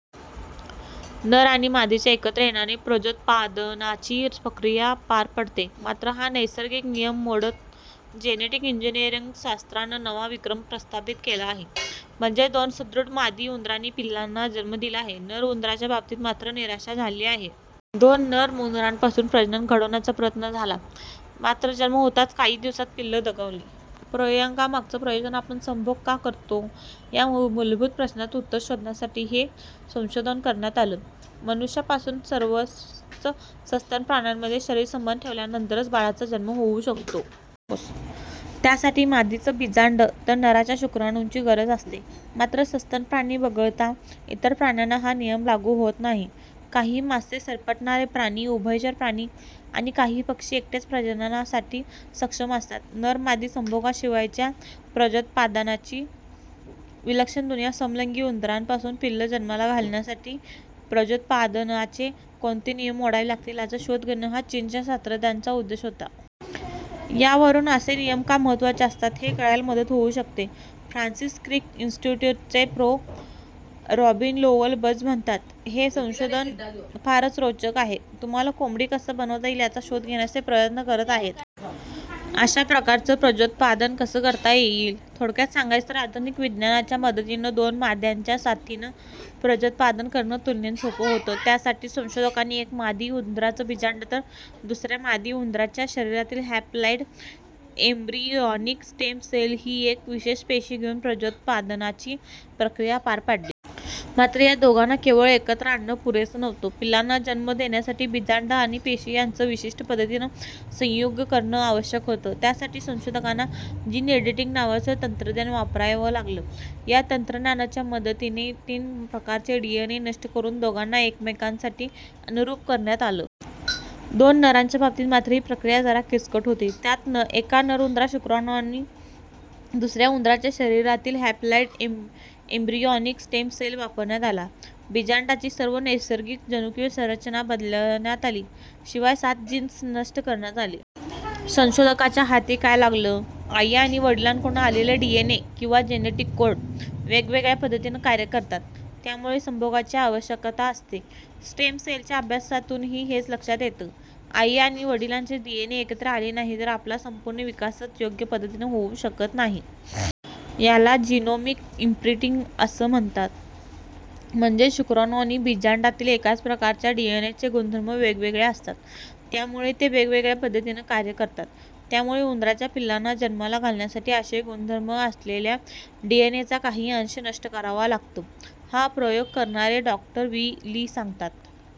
नर आणि मादीच्या एकत्र येण्यानं प्रजोत्पादनाची प्रक्रिया पार पडते. मात्र हा नैसर्गिक नियम मोडत जेनेटिक इंजनिअरिंग शास्त्रानं नवा विक्रम प्रस्थापित केला आहे. म्हणजेच दोन सुदृढ मादी उंदरांनी पिल्लांना जन्म दिला आहे. नर उंदरांच्या बाबतीत मात्र निराशा झाली आहे. दोन नर उंदरांपासून प्रजनन घडवण्याचा प्रयत्न झाला. मात्र जन्म होताच काहीच दिवसांत पिल्लं दगावली. प्रयोगामागचं प्रयोजन आपण संभोग का करतो, या मूलभूत प्रश्नाचं उत्तर शोधण्यासाठी हे संशोधन करण्यात आलं. मनुष्यापासून सर्वच सस्तन प्राण्यांमध्ये शरीरसंबंध ठेवल्यानंतरच बाळाचा जन्म होऊ शकतो. त्यासाठी मादीचं बिजांड तर नराच्या शुक्राणुंची गरज असते. मात्र सस्तन प्राणी वगळता इतर प्राण्यांना हा नियम लागू होत नाही. काही मासे, सरपटणारे प्राणी, उभयचर प्राणी आणि काही पक्षी एकटेच प्रजननासाठी सक्षम असतात. नर-मादी संयोगाशिवायच्या प्रजोत्पादनाची विलक्षण दुनिया समलिंगी उंदरांपासून पिल्लं जन्माला घालण्यासाठी प्रजोत्पादनाचे कोणते नियम मोडावे लागतील, याचा शोध घेणं, हा चीनच्या शास्त्रज्ञांचा उद्देश होता. यावरून असे नियम का महत्त्वाचे असतात, हे कळायला मदत होऊ शकते. फ्रान्सिस क्रिक इन्स्टिट्युटचे प्रो. रॉबिन लोव्हल-बज म्हणतात हे संशोधन फारच रोचक आहे. तुम्हाला कोंबडी कसं बनवता येईल, याचा शोध घेण्याचा ते प्रयत्न करत आहेत. अशा प्रकारचं प्रजोत्पादन कसं करता येईल? थोडक्यात सांगायचं तर आधुनिक विज्ञानाच्या मदतीनं दोन माद्यांच्या साथीनं प्रजोत्पादन करणं तुलनेनं सोप होतं. त्यासाठी संशोधकांनी एका मादी उंदराचं बिजांड तर दुसऱ्या मादी उंदराच्या शरिरातील हॅपलॉईड एम्ब्रियॉनिक स्टेम सेल ही एक विशेष पेशी घेऊन प्रजोत्पादनाची प्रक्रिया पार पाडली. मात्र या दोघांना केवळ एकत्र आणणं पुरेसं नव्हतं. पिल्लांना जन्म देण्यासाठी बिजांड आणि पेशी यांचं विशिष्ट पद्धतीनं संयुग करणं आवश्यक होतं. त्यासाठी संशोधकांना जिन एडिटिंग नावाचं तंत्रज्ञान वापरावं लागलं. या तंत्रज्ञानाच्या मदतीने तीन प्रकारचे डीएनए नष्ट करून दोघांना एकमेकांसाठी अनुरुप करण्यात आलं. दोन नरांच्या बाबतीत मात्र ही प्रक्रिया जरा किचकट होती. त्यात एका नर उंदराचा शुक्राणू आणि दुसऱ्या उंदराच्या शरिरातील हॅपलॉईड एम्ब्रियॉनिक स्टेम सेल वापरण्यात आला. बिजांडाची सर्वं नैसर्गिक जनुकीय संरचना बदलण्यात आली. शिवाय सात जिन्स नष्ट करण्यात आले. संशोधकांच्या हाती काय लागलं? आई आणि वडिलांकडून आलेले डीएनए किंवा जेनेटिक कोड वेगवेगळ्या पद्धतीनं कार्य करतात. त्यामुळे संभोगाची आवश्यकता असते. स्टेम सेलच्या अभ्यासातूनही हेच लक्षात येतं. आई आणि वडिलांचे डीएनए एकत्र आले नाही तर आपला संपूर्ण विकासाच योग्य पद्धतीने होऊ शकत नाही. याला जिनोमिक इम्प्रिंटिंग असं म्हणतात. म्हणजेच शुक्राणू आणि बिजांडातील एकाच प्रकारच्या डीएनएचे गुणधर्म वेगवगळे असतात. त्यामुळे ते वेगवेगळ्या पद्धतीनं कार्य करतात. त्यामुळे उंदरांच्या पिल्लांना जन्माला घालण्यासाठी असे गुणधर्म असलेल्या डीएनएचा काही अंश नष्ट करावा लागतो. हा प्रयोग करणारे डॉ. वी ली सांगतात,